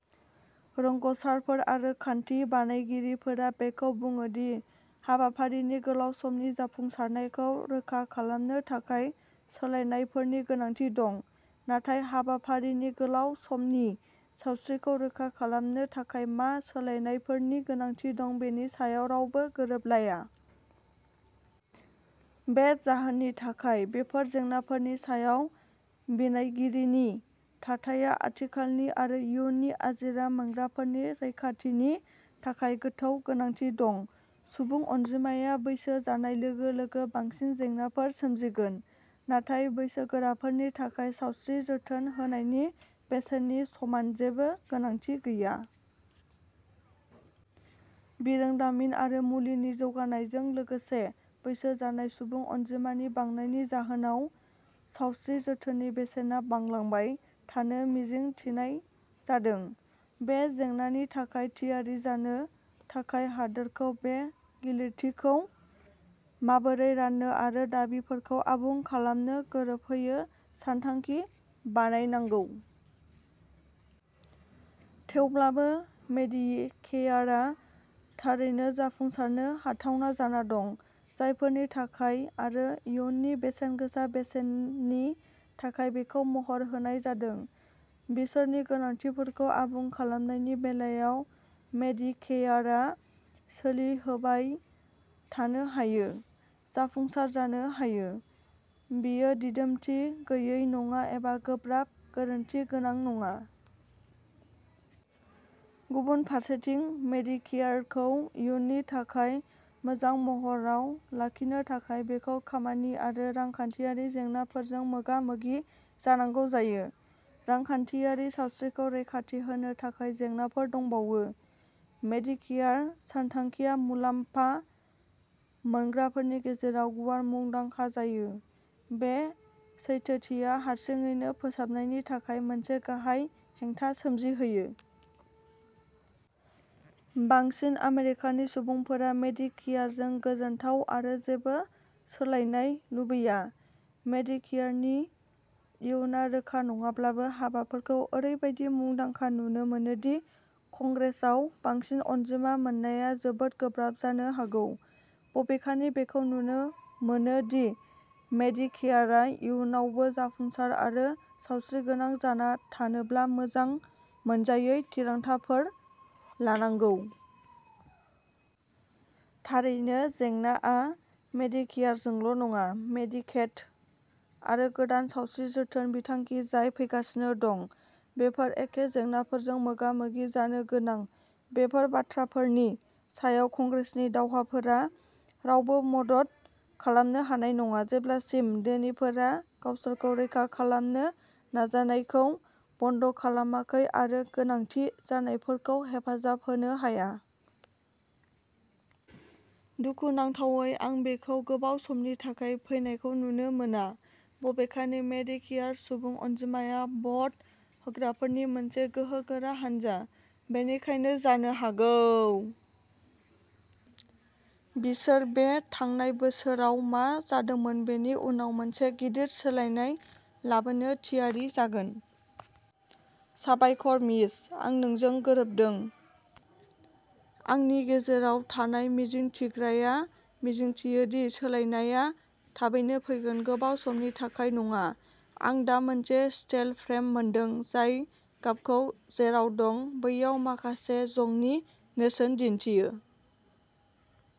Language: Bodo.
रोंग'साफोर आरो खान्थि बानायगिरिफोरा बेखौ बुङो दि हाबाफारिनि गोलाव समनि जाफुंसारनायखौ रोखा खालामनो थाखाय सोलायनायफोरनि गोनांथि दं, नाथाय हाबाफारिनि गोलाव समनि सावस्रिखौ रोखा खालामनो थाखाय मा सोलायनायफोरनि गोनांथि दं बेनि सायाव रावबो गोरोबलाया। बे जाहोननि थाखाय, बेफोर जेंनाफोरनि सायाव बिनायगिरिनि थाथाइया आथिखालनि आरो इयुननि आजिरा मोनग्राफोरनि रैखाथिनि थाखाय गोथौ गोनांथि दं। सुबुं अनजिमाया बैसो जानाय लोगो-लोगो बांसिन जेंनाफोर सोमजिगोन, नाथाय बैसोगोराफोरनि थाखाय सावस्रि जोथोन होनायनि बेसेननि समान जेबो गोनांथि गैया। बिरोंदामिन आरो मुलिनि जौगानायजों लोगोसे बैसो जानाय सुबुं अनजिमानि बांनायनि जाहोनाव, सावस्रि जोथोननि बेसेना बांलांबाय थानो मिजिं थिनाय जादों। बे जेंनानि थाखाय थियारि जानो थाखाय हादोरखौ बे गिलिरथिखौ माबोरै राननो आरो दाबिफोरखौ आबुं खालामनो गोरोबहोनो सानथांखि बानायनांगौ। थेवब्लाबो, मेडिकेयारआ थारैनो जाफुंसारनो हाथावना जाना दं। जायफोरनि थाखाय आरो इयुननि बेसेनगोसा बेसेननि थाखाय बेखौ महर होनाय जादों, बिसोरनि गोनांथिफोरखौ आबुं खालामनायनि बेलायाव, मेडिकेयारआ सोलिहोबाय थानो हायो। जाफुंसार जानो हायो। बेयो दिदोमथि गैयै नङा एबा गोब्राब गोरोन्थि गोनां नङा। गुबुन फारसेथिं, मेडिकेयारखौ इयुननि थाखाय मोजां महराव लाखिनो थाखाय, बेखौ खामानि आरो रांखान्थियारि जेंनाफोरजों मोगा-मोगि जानांगौ जायो। रांखान्थियारि सावस्रिखौ रैखाथि होनो थाखाय जेंनाफोर दंबावो। मेडिकेयार सानथांखिआ मुलामफा मोनग्राफोरनि गेजेराव गुवार मुंदांखा जायो। बे सैथोथिया हारसिङैनो फोसाबनायनि थाखाय मोनसे गाहाय हेंथा सोमजिहोयो। बांसिन आमेरिकानि सुबुंफोरा मेडिकेयारजों गोजोनथाव आरो जेबो सोलायनाय लुबैया। मेडिकेयारनि इयुनआ रोखा नङाब्लाबो, हाबाफारिखौ ओरैबायदि मुंदांखा नुनो मोनो दि कंग्रेसआव बांसिन अनजिमा मोननाया जोबोद गोब्राब जानो हागौ। बबेखानि, बेखौ नुनो मोनो दि मेडिकेयारआ इयुनावबो जाफुंसार आरो सावस्रिगोनां जाना थानोब्ला मोजां मोनजायै थिरांथाफोर लानांगौ। थारैनो, जेंनाआ मेडिकेयारजोंल'नङा। मेडिकेड आरो गोदान सावस्रि जोथोन बिथांखि जाय फैगासिनो दं, बेफोर एखे जेंनाफोरजों मोगा-मोगि जानो गोनां। बेफोर बाथ्राफोरनि सायाव कंग्रेसनि दावहाफोरा रावबो मदद खालामनो हानाय नङा, जेब्लासिम धोनिफोरा गावसोरखौ रैखा खालामनो नाजानायखौ बन्द'खालामाखै आरो गोनांथि जानायफोरखौ हेफाजाब होनो हाया। दुखुनांथावै, आं बेखौ गोबाव समनि थाखाय फैनायखौ नुनो मोना। बबेखानि, मेडिकेयार सुबुं अनजिमाया भट होग्राफोरनि मोनसे गोहोगोरा हानजा, बेनिखायनो जानो हागौ बिसोर बे थांनाय बोसोराव मा जादोंमोन बेनि उनाव मोनसे गिदिर सोलायनाय लाबोनो थियारि जागोन। साबायखर, मिच। आं नोंजों गोरोबदों। आंनि गेजेराव थानाय मिजिंथिग्राया मिजिंथियो दि सोलायनायआ थाबैनो फैगोन, गोबाव समनि थाखाय नङा! आं दा मोनसे स्टेल फ्रेम मोनदों, जाय गाबखौ जेराव दं, बैयाव माखासे जंनि नेरसोन दिन्थियो।